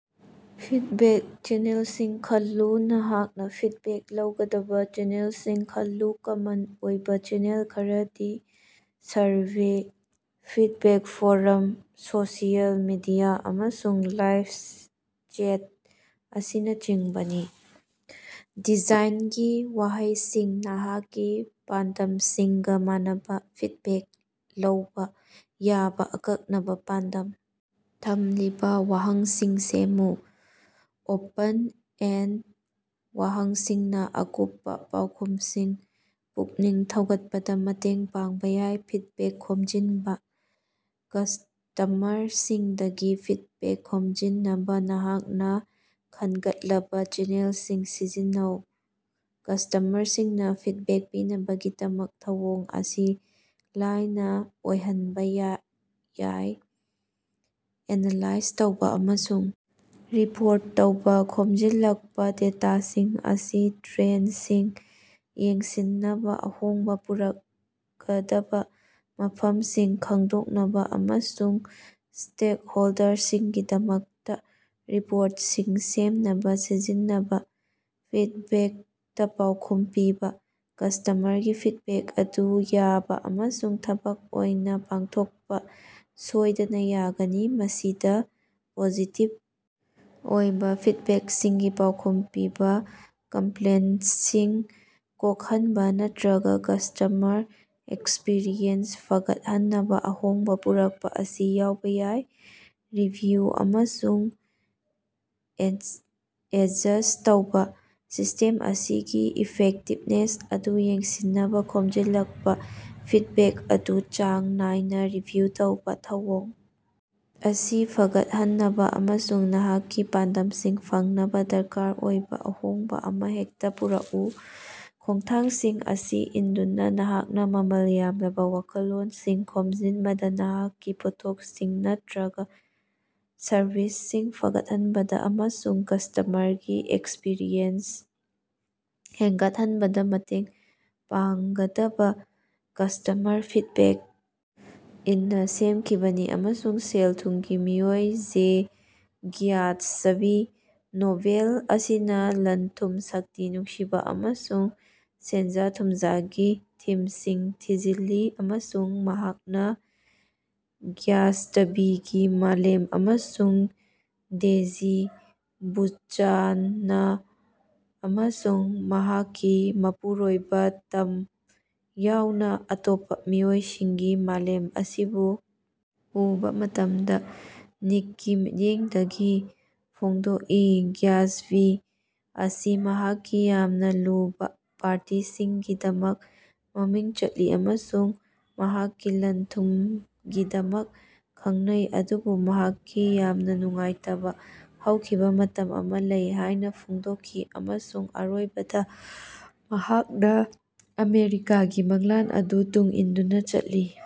Feedback ꯆꯦꯅꯦꯜꯁꯤꯡ ꯈꯜꯂꯨ - ꯅꯍꯥꯛꯅ ꯐꯤꯗꯕꯦꯛ ꯂꯧꯒꯗꯕ ꯆꯦꯅꯦꯜꯁꯤꯡ ꯈꯜꯂꯨ꯫ ꯀꯃꯟ ꯑꯣꯏꯕ ꯆꯦꯅꯦꯜ ꯈꯔꯗꯤ survey, feedback form, social media, ꯑꯃꯁꯨꯡ ꯂꯥꯏ꯭ꯕ ꯆꯦꯠ ꯑꯁꯤꯅꯆꯤꯡꯕꯅꯤ꯫ ꯗꯤꯖꯥꯏꯟꯒꯤ ꯋꯥꯍꯪꯁꯤꯡ - ꯅꯍꯥꯛꯀꯤ ꯄꯥꯟꯗꯝꯁꯤꯡꯒ ꯃꯥꯟꯅꯕꯥ ꯐꯤꯗꯕꯦꯛ ꯂꯧꯕ ꯌꯥꯕ ꯑꯀꯛꯅꯕ, ꯄꯥꯟꯗꯝ ꯊꯝꯂꯤꯕ ꯋꯥꯍꯪꯁꯤꯡ ꯁꯦꯝꯃꯨ꯫ ꯑꯣꯄꯟ-ꯑꯦꯟꯗ ꯋꯥꯍꯪꯁꯤꯡꯅ ꯑꯀꯨꯞꯄ ꯄꯥꯎꯈꯨꯝꯁꯤꯡ ꯄꯨꯛꯅꯤꯡ ꯊꯧꯒꯠꯄꯗ ꯃꯇꯦꯡ ꯄꯥꯡꯕ ꯌꯥꯏ꯫ ꯐꯤꯗꯕꯦꯛ ꯈꯣꯝꯖꯤꯟꯕ - ꯀꯁ꯭ꯇꯃꯔꯁꯤꯡꯗꯒꯤ ꯐꯤꯗꯕꯦꯛ ꯈꯣꯝꯖꯤꯟꯅꯕꯥ ꯅꯍꯥꯛꯅ ꯈꯟꯒꯠꯂꯕ ꯆꯦꯅꯦꯜꯁꯤꯡ ꯁꯤꯖꯤꯟꯅꯧ꯫ ꯀꯁ꯭ꯇꯃꯔꯁꯤꯡꯅ ꯐꯤꯗꯕꯦꯛ ꯄꯤꯅꯕꯒꯤꯗꯃꯛ ꯊꯧꯑꯣꯡ ꯑꯁꯤ ꯂꯥꯏꯅꯥ ꯑꯣꯏꯍꯟꯕ ꯌꯥꯏ꯫ ꯑꯦꯅꯥꯂꯥꯏꯖ ꯇꯧꯕ ꯑꯃꯁꯨꯡ ꯔꯤꯄꯣꯔꯠ ꯇꯧꯕ - ꯈꯣꯝꯖꯤꯜꯂꯛꯄ ꯗꯦꯇꯥꯁꯤꯡ ꯑꯁꯤ ꯇ꯭ꯔꯦꯟꯗꯁꯤꯡ ꯌꯦꯡꯁꯤꯟꯅꯕꯥ, ꯑꯍꯣꯡꯕ ꯄꯨꯔꯛꯀꯗꯕꯥ ꯃꯐꯝꯁꯤꯡ ꯈꯪꯗꯣꯛꯅꯕ ꯑꯃꯁꯨꯡ ꯁ꯭ꯇꯦꯛꯍꯣꯜꯗꯔꯁꯤꯡꯒꯤꯗꯃꯛꯇ ꯔꯤꯄꯣ꯭ꯔꯠꯁꯤꯡ ꯁꯦꯝꯅꯕ ꯁꯤꯖꯤꯟꯅꯕꯥ꯫ ꯐꯤꯗꯕꯦꯛꯇ ꯄꯥꯎꯈꯨꯝ ꯄꯤꯕ - ꯀꯁ꯭ꯇꯃꯔꯒꯤ ꯐꯤꯗꯕꯦꯛ ꯑꯗꯨ ꯌꯥꯕ ꯑꯃꯁꯨꯡ ꯊꯕꯛ ꯑꯣꯏꯅ ꯄꯥꯡꯊꯣꯛꯄ ꯁꯣꯏꯗꯅ ꯌꯥꯒꯅꯤ꯫ ꯃꯁꯤꯗ ꯄꯣꯖꯤꯇꯤꯚ ꯑꯣꯏꯕ ꯐꯤꯗꯕꯦꯛꯁꯤꯡꯒꯤ ꯄꯥꯎꯈꯨꯝ ꯄꯤꯕ, ꯀꯝꯄ꯭ꯂꯦꯟꯇꯁꯤꯡ ꯀꯣꯛꯍꯟꯕ ꯅꯠꯇꯔꯒ ꯀꯁ꯭ꯇꯃꯔ ꯑꯦꯛꯁꯄꯤꯔꯤꯑꯦꯟꯁ ꯐꯒꯠꯍꯟꯅꯕꯥ ꯑꯍꯣꯡꯕ ꯄꯨꯔꯛꯄ ꯑꯁꯤ ꯌꯥꯎꯕ ꯌꯥꯏ꯫ ꯔꯤꯚꯤꯌꯨ ꯑꯃꯁꯨꯡ ꯑꯦꯗꯖꯁ꯭ꯠ ꯇꯧꯕ - ꯁꯤꯁꯇꯦꯝ ꯑꯁꯤꯒꯤ ꯏꯐꯦꯛꯇꯤꯕꯅꯦꯁ ꯑꯗꯨ ꯌꯦꯡꯁꯤꯟꯅꯕ ꯈꯣꯝꯖꯤꯜꯂꯛꯄ ꯐꯤꯗꯕꯦꯛ ꯑꯗꯨ ꯆꯥꯡ ꯅꯥꯏꯅꯥ ꯔꯤꯚꯤꯌꯨ ꯇꯧꯕ꯫ ꯊꯧꯑꯣꯡ ꯑꯁꯤ ꯐꯒꯠꯍꯟꯅꯕꯥ ꯑꯃꯁꯨꯡ ꯅꯍꯥꯛꯀꯤ ꯄꯥꯟꯗꯝꯁꯤꯡ ꯐꯪꯅꯕ ꯗꯔꯀꯥꯔ ꯑꯣꯏꯕ ꯑꯍꯣꯡꯕ‌ ꯑꯃ ꯍꯦꯛꯇ ꯄꯨꯔꯛꯎ꯫ ꯈꯣꯡꯊꯥꯡꯁꯤꯡ ꯑꯁꯤ ꯏꯟꯗꯨꯅ, ꯅꯍꯥꯛꯅ ꯃꯃꯜ ꯌꯥꯝꯂꯥꯕ ꯋꯥꯈꯜꯂꯣꯟꯁꯤꯡ ꯈꯣꯝꯖꯤꯟꯕꯗꯥ, ꯅꯍꯥꯛꯀꯤ ꯄꯣꯠꯊꯣꯛꯁꯤꯡ ꯅꯠꯇꯔꯒ ꯁꯔꯚꯤꯁꯁꯤꯡ ꯐꯒꯠꯍꯟꯕꯗꯥ ꯑꯃꯁꯨꯡ ꯀꯁ꯭ꯇꯃꯔꯒꯤ ꯑꯦꯛꯁꯄꯤꯔꯤꯑꯦꯟꯁ ꯍꯦꯟꯒꯠꯍꯟꯕꯥꯗ ꯃꯇꯦꯡ ꯄꯥꯡꯒꯗꯕꯥ ꯀꯁ꯭ꯇꯃꯔ ꯐꯤꯗꯕꯦꯛ ꯏꯟꯅ ꯁꯦꯝꯈꯤꯕꯅꯤ ꯑꯃꯁꯨꯡ ꯁꯦꯜ ꯊꯨꯝꯒꯤ ꯃꯤꯑꯣꯏ ꯖꯦ ꯒ꯭ꯌꯥꯠꯁꯕꯤ꯫ ꯅꯣꯚꯦꯜ ꯑꯁꯤꯅ ꯂꯟ-ꯊꯨꯝ, ꯁꯛꯇꯤ, ꯅꯨꯡꯁꯤꯕ ꯑꯃꯁꯨꯡ ꯁꯦꯟꯖꯥ-ꯊꯨꯝꯖꯥꯒꯤ ꯊꯤꯝꯁꯤꯡ ꯊꯤꯖꯤꯜꯂꯤ ꯑꯃꯁꯨꯡ ꯃꯍꯥꯛꯅ ꯒ꯭ꯌꯥꯇꯁꯕꯤꯒꯤ ꯃꯥꯂꯦꯝ ꯑꯃꯁꯨꯡ ꯗꯦꯖꯤ ꯕꯨꯆꯥꯅꯟ ꯑꯃꯁꯨꯡ ꯃꯍꯥꯛꯀꯤ ꯃꯄꯨꯔꯣꯏꯕ ꯇꯝ ꯌꯥꯎꯅ ꯑꯇꯣꯞꯄ ꯃꯤꯑꯣꯏꯁꯤꯡꯒꯤ ꯃꯥꯂꯦꯝ ꯑꯁꯤꯕꯨ ꯎꯕꯥ ꯃꯇꯝꯗ ꯅꯤꯛꯀꯤ ꯃꯤꯠꯌꯦꯡꯗꯒꯤ ꯐꯣꯡꯗꯣꯛꯏ꯫ ꯒ꯭ꯌꯥꯇꯁꯕꯤ ꯑꯁꯤ ꯃꯍꯥꯛꯀꯤ ꯌꯥꯝꯅ ꯂꯨꯕ ꯄꯥꯔꯇꯤꯁꯤꯡꯒꯤꯗꯃꯛ ꯃꯃꯤꯡ ꯆꯠꯂꯤ ꯑꯃꯁꯨꯡ ꯃꯍꯥꯛꯀꯤ ꯂꯟ-ꯊꯨꯝꯒꯤꯗꯃꯛ ꯈꯪꯅꯩ ꯑꯗꯨꯕꯨ ꯃꯍꯥꯛꯀꯤ ꯌꯥꯝꯅ ꯅꯨꯡꯉꯥꯏꯇꯕꯥ ꯍꯧꯈꯤꯕ ꯃꯇꯝ ꯑꯃ ꯂꯩ ꯍꯥꯏꯅ ꯐꯣꯡꯗꯣꯛꯈꯤ ꯑꯃꯁꯨꯡ ꯑꯔꯣꯏꯕꯗꯥ ꯃꯍꯥꯛꯅ ꯑꯃꯦꯔꯤꯀꯥꯒꯤ ꯃꯪꯂꯥꯟ ꯑꯗꯨ ꯇꯨꯡ ꯏꯟꯗꯨꯅ ꯆꯠꯂꯤ꯫